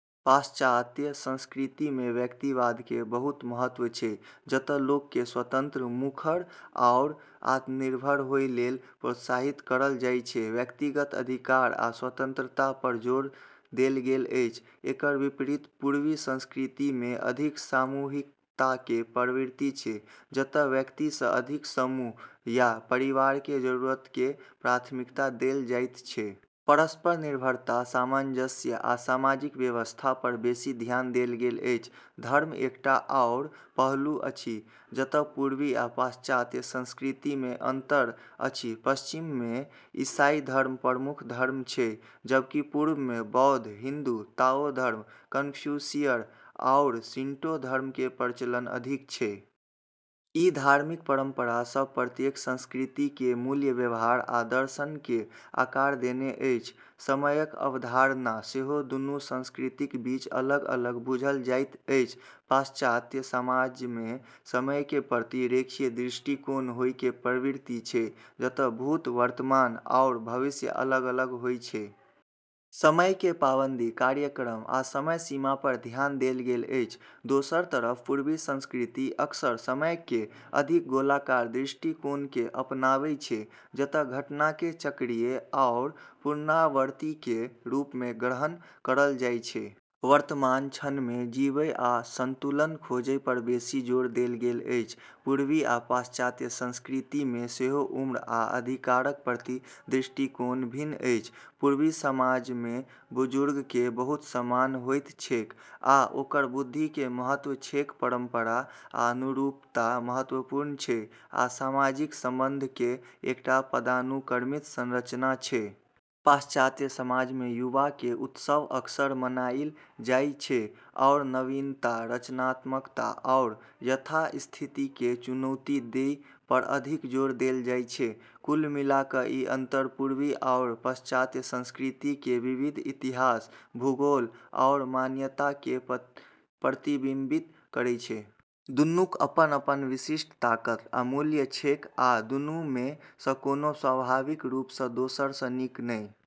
पाश्चात्य संस्कृतिमे व्यक्तिवादके बहुत महत्व छै, जतऽ लोकके स्वतंत्र, मुखर, आओर आत्मनिर्भर होइ लेल प्रोत्साहित करल जाइ छै। व्यक्तिगत अधिकार आ स्वतंत्रता पर जोर देल गेल अछि। एकर विपरीत पूर्वी संस्कृतिमे अधिक सामूहिकताके प्रवृत्ति छै, जतऽ व्यक्तिसँ अधिक समूह या परिवारके जरूरतके प्राथमिकता देल जाइ छै। परस्पर निर्भरता, सामंजस्य, आ सामाजिक व्यवस्था पर बेशी धियान देल गेल अछि। धर्म एकटा आओर पहलू अछि जतय पूर्वी आ पाश्चात्य संस्कृतिमे अंतर अछि पश्चिममे ईसाई धर्म प्रमुख धर्म छै, जबकि पूर्वमे बौद्ध, हिन्दू, ताओ धर्म, कन्फ्यूशियस, आओर शिंटो धर्मके प्रचलन अधिक छै। ई धार्मिक परंपरा सब प्रत्येक संस्कृतिके मूल्य, व्यवहार, आ दर्शनके आकार देने अछि समयक अवधारणा सेहो दुन्नु संस्कृतिक बीच अलग-अलग बूझल जाइत अछि पाश्चात्य समाजमे समयके प्रति रेखीय दृष्टिकोण होइके प्रवृत्ति छै, जतऽ भूत, वर्तमान आओर भविष्य अलग-अलग होइ छै। समयके पाबंदी, कार्यक्रम, आ समय सीमा पर ध्यान देल गेल अछि। दोसर तरफ पूर्वी संस्कृति अक्सर समय केर अधिक गोलाकार दृष्टिकोणके अपनाबै छै, जतऽ घटनाके चक्रीय आओर पुनरावर्तीके रूपमे ग्रहण करल जाइ छै। वर्तमान क्षणमे जीबय आ संतुलन खोजय पर बेशी जोर देल गेल अछि । पूर्वी आ पाश्चात्य संस्कृतिमे सेहो उम्र आ अधिकारक प्रति दृष्टिकोण भिन्न अछि पूर्वी समाजमे बुजुर्गके बहुत सम्मान होइत छैक आ ओकर बुद्धिके महत्व छैक परंपरा आ अनुरूपता महत्वपूर्ण छै, आ सामाजिक संबंधके एकटा पदानुक्रमित संरचना छै । पाश्चात्य समाजमे युवा केर उत्सव अक्सर मनाइल जाइ छै, आओर नवीनता, रचनात्मकता, आओर यथास्थितिके चुनौती दै पर अधिक जोर देल जाइ छै। कुल मिला क' ई अंतर पूर्वी आओर पाश्चात्य संस्कृति केर विविध इतिहास, भूगोल, आओर मान्यताके प्रतिबिंबित करै छै। दुन्नूक अपन-अपन विशिष्ट ताकत आ मूल्य छैक, आ दुन्नूमे सँ कोनो स्वाभाविक रूप सँ दोसर सँ नीक नहि।